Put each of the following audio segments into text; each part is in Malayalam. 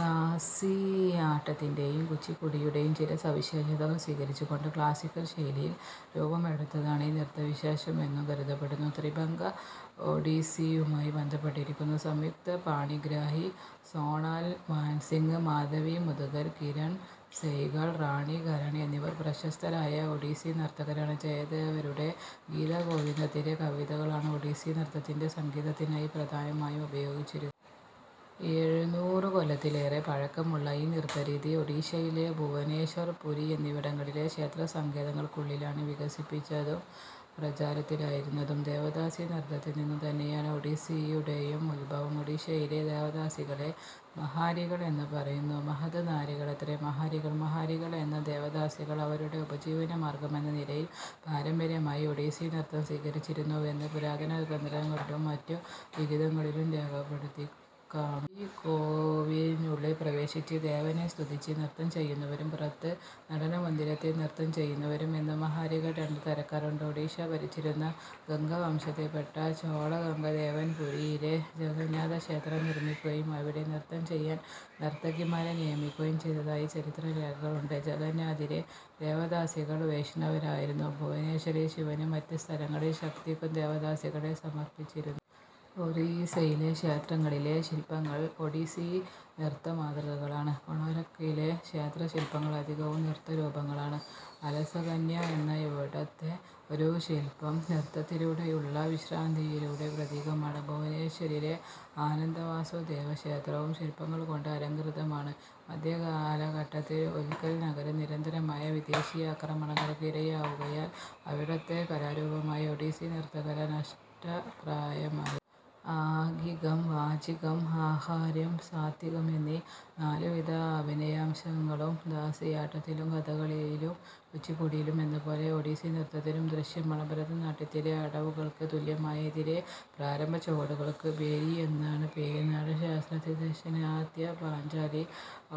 ദാസിയാട്ടത്തിന്റെയും കുച്ചിപ്പുടിയുടെയും ചില സവിശേഷതകൾ സ്വികരിച്ചുകൊണ്ട് ക്ലാസിക്കൽ ശൈലിയിൽ രൂപമെടുത്തതാണ് ഈ നൃത്തവിശേഷം എന്നും കരുതപ്പെടുന്നു. 'ത്രിഭംഗ' ഒഡീസ്സിയുമായി ബന്ധപ്പെട്ടിരിക്കുന്നു. സംയുക്ത പാണിഗ്രാഹി, സോണാൽ മാൻസിങ്ങ്, മാധവി മുദ്ഗൽ, കിരൺ സൈഗാൾ, റാണി കരൺ എന്നിവർ പ്രശസ്തരായ ഒഡീസ്സി നർത്തകരാണ്. ജയദേവരുടെ 'ഗീതാഗോവിന്ദത്തിലെ' കവിതകളാണ് ഒഡീസ്സി നൃത്തത്തിന്റെ സംഗീതത്തിനായി പ്രധാനമായും ഉപയോഗിച്ചിരിക്കുന്നത്. എഴുന്നൂറു കൊല്ലത്തിലേറെ പഴക്കമുള്ള ഈ നൃത്തരീതി ഒഡീഷയിലെ ഭുവനേശ്വർ പുരി എന്നിവിടങ്ങളിലെ ക്ഷേത്രസങ്കേതങ്ങൾക്കുള്ളിലാണ് വികസിച്ചതും പ്രചാരത്തിലിരുന്നതും. ദേവദാസി നൃത്തത്തിൽനിന്നു തന്നെയാണ് ഒഡീസ്സിയുടെയും ഉത്ഭവം. ഒഡീഷയിലെ ദേവദാസികളെ 'മഹാരികൾ 'എന്നു പറയുന്നു. മഹത്-നാരികളത്രേ മഹാരികൾ. മഹാരികൾ എന്ന ദേവദാസികൾ അവരുടെ ഉപജീവന മാർഗ്ഗമെന്ന നിലയിൽ പാരമ്പര്യമായി ഒഡീസി നൃത്തം സ്വീകരിച്ചിരുന്നുവെന്ന് പുരാതനഗ്രന്ഥങ്ങളിലും മറ്റു ലിഖിതങ്ങളിലും രേഖപ്പെടുത്തിക്കാണുന്നു. ശ്രീകോവിലുള്ളിൽ പ്രവേശിച്ച്, ദേവനെ സ്തുതിച്ച് നൃത്തം ചെയ്യുന്നവരും, പുറത്ത് നടനമന്ദിരത്തിൽ നൃത്തം ചെയ്യുന്നവരും എന്നു മഹാരികൾ രണ്ട് തരക്കാരുണ്ട്. ഒഡീഷ ഭരിച്ചിരുന്ന ഗംഗവംശത്തിൽപ്പെട്ട ചോളഗംഗദേവൻ പുരിയിലെ ജഗന്നാഥക്ഷേത്രം നിർമ്മിക്കുകയും, അവിടെ നൃത്തം ചെയ്യാൻ നർത്തകിമാരെ നിയമിക്കുകയും ചെയ്തതായി ചരിത്രരേഖകളുണ്ട്. ജഗന്നാഥിലെ ദേവദാസികൾ വൈഷ്ണവരായിരുന്നു. ഭുവനേശ്വരിൽ ശിവനും, മറ്റ് സ്ഥലങ്ങളിൽ ശക്തിക്കും ദേവദാസികളെ സമർപ്പിച്ചിരുന്നു. ഒറീസ്സയിലെ ക്ഷേത്രങ്ങളിലെ ശില്പങ്ങൾ ഒഡീസ്സി നൃത്തമാതൃകകളാണ്. കൊണാരക്കിലെ ക്ഷേത്രശില്പങ്ങൾ അധികവും നൃത്തരൂപങ്ങളാണ്. "അലസകന്യ" എന്ന ഇവിടത്തെ ഒരു ശില്പം നൃത്തത്തിലൂടെയുള്ള വിശ്രാന്തിയുടെ പ്രതീകമാണ്. ഭുവനേശ്വരിലെ ആനന്ദവാസുദേവക്ഷേത്രവും ശില്പങ്ങൾ കൊണ്ട് അലംകൃതമാണു. മധ്യകാലഖട്ടത്തിൽ ഉത്കൽ നഗരം നിരന്തരമായ വിദേശിയ ആക്രമണങ്ങൾക്ക് ഇരയാവുകയാൽ അവിടത്തെ കലാരൂപമായ ഒഡീസി നൃത്തകല നഷ്ടപ്രായമായി. ആഗികം, വാചികം, ആഹാര്യം, സാത്വികം എന്നീ നാലുവിധ അഭിനയാംശങ്ങളും ദാസിയാട്ടത്തിലും കഥകളിയിലും കുച്ചിപ്പുടിയിലും എന്നപോലെ ഒഡീസി നൃത്തത്തിലും ദൃശ്യമാണ്. ഭരതനാട്യത്തിലെ അടവുകൾക്ക് തുല്യമായ ഇതിലെ പ്രാരംഭച്ചുവടുകൾക്ക് ബേലി എന്നാണ് പേര്. നാട്യശാസ്ത്രത്തിൽ ദാക്ഷിണാത്യ, പാഞ്ചാലി,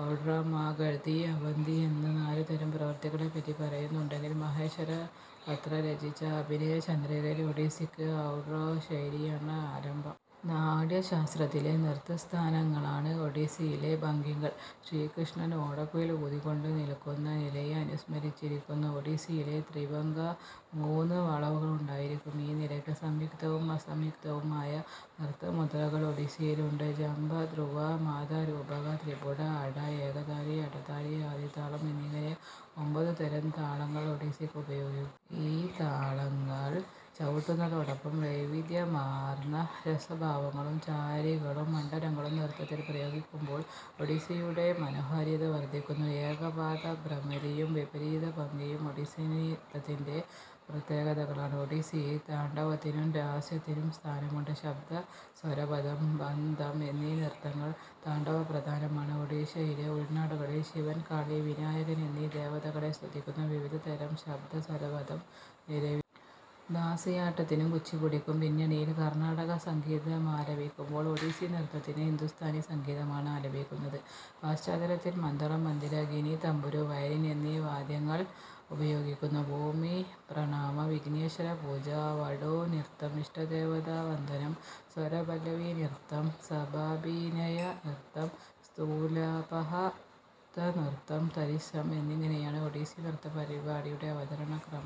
ഔഡ്രമാഗധി, അവന്തി എന്നു നാലു തരം പ്രവൃത്തികളെപ്പറ്റി പറയുന്നുണ്ടെങ്കിൽ മഹേശ്വരപത്ര രചിച്ച അഭിനയചന്ദ്രികയിൽ ഒഡീസ്സിക്ക് ഔഡ്രാ ശൈലിയാണ് ആലംബം. നാട്യശാസ്ത്രത്തിലെ "നൃത്തസ്ഥാന"ങ്ങളാണ് ഒഡിസ്സിയിലെ 'ഭംഗി'കൾ. ശ്രീകൃഷ്ണൻ ഓടക്കുഴൽ ഊതികൊണ്ട് നിൽക്കുന്ന നിലയെ അനുസ്മരിപ്പിക്കുന്നു ഒഡിസ്സിയിലെ 'ത്രിഭംഗ'. മൂന്ന് വളവുകളുണ്ടായിരിക്കും ഈ നിലക്ക്. സംയുക്തവും അസംയുക്തവും ആയ നൃത്തമുദ്രകൾ ഒഡിസ്സിയിലുണ്ട്. ജംബ, ധ്രുവാ, മാതാ, രൂപക, ത്രിപുട, അട, ഏകതാലി, അടതാലി, ആദിതാളം എന്നിങ്ങനെ ഒമ്പത് തരം താളങ്ങൾ ഒഡിസ്സിക്ക് ഉപയോഗിക്കുന്നു. ഈ താളങ്ങൾ ചവുട്ടുന്നതോടൊപ്പം വൈവിദ്ധ്യമാർന്ന രസഭാവങ്ങളും, ചാരികളും, മണ്ഡലങ്ങളും നൃത്തത്തിൽ പ്രയോഗിക്കുമ്പോൾ ഒഡിസ്സിയുടെ മനോഹാര്യത വർദ്ധിക്കുന്നു. ഏകപാദഭ്രമരിയും, വിപരീതഭംഗിയും ഒഡിസ്സിനൃത്തത്തിന്റെ പ്രത്യേകതകളാണ്. ഒഡിസ്സിയിൽ താണ്ഡവത്തിനും ലാസ്യത്തിനും സ്ഥാനമുണ്ട്. ശബ്ദസ്വരപദം, ബന്ധം, എന്നീ നൃത്തങ്ങൾ താണ്ഡവപ്രധാനമാണ്. ഒഡീഷയിലെ ഉൾനാടുകളിൽ ശിവൻ, കാളി, വിനായകൻ എന്നീ ദേവതകളെ സ്തുതിക്കുന്ന വിവിധതരം ശബ്ദസ്വരപദം നിലവിലുണ്ട്. ദാസിയാട്ടത്തിനും കുച്ചിപ്പുടിക്കും പിന്നണിയിൽ കർണാടക സംഗീതമാലപിക്കുമ്പോൾ ഒഡീസി നൃത്തത്തിന് ഹിന്ദുസ്ഥാനി സംഗീതമാണ് ആലപിക്കുന്നത്. പശ്ചാത്തലത്തിൽ മദ്ദളം, മന്ദിര, ഗിനി, തംബുരു, വയലിൻ എന്നീ വാദ്യങ്ങൾ ഉപയോഗിക്കുന്നു. ഭൂമിപ്രണാമം, വിഘ്നേശ്വരപൂജ, വടുനൃത്തം, ഇഷ്ടദേവതാവന്ദനം, സ്വരപല്ലവിനൃത്തം, സഭാഭിനയനൃത്തം, സ്ഥൂലാപഹപദനൃത്തം, തരിത്സം എന്നിങ്ങനെയാണ് ഒഡീസി നൃത്തപരിപാടിയുടെ അവതരണക്രമം.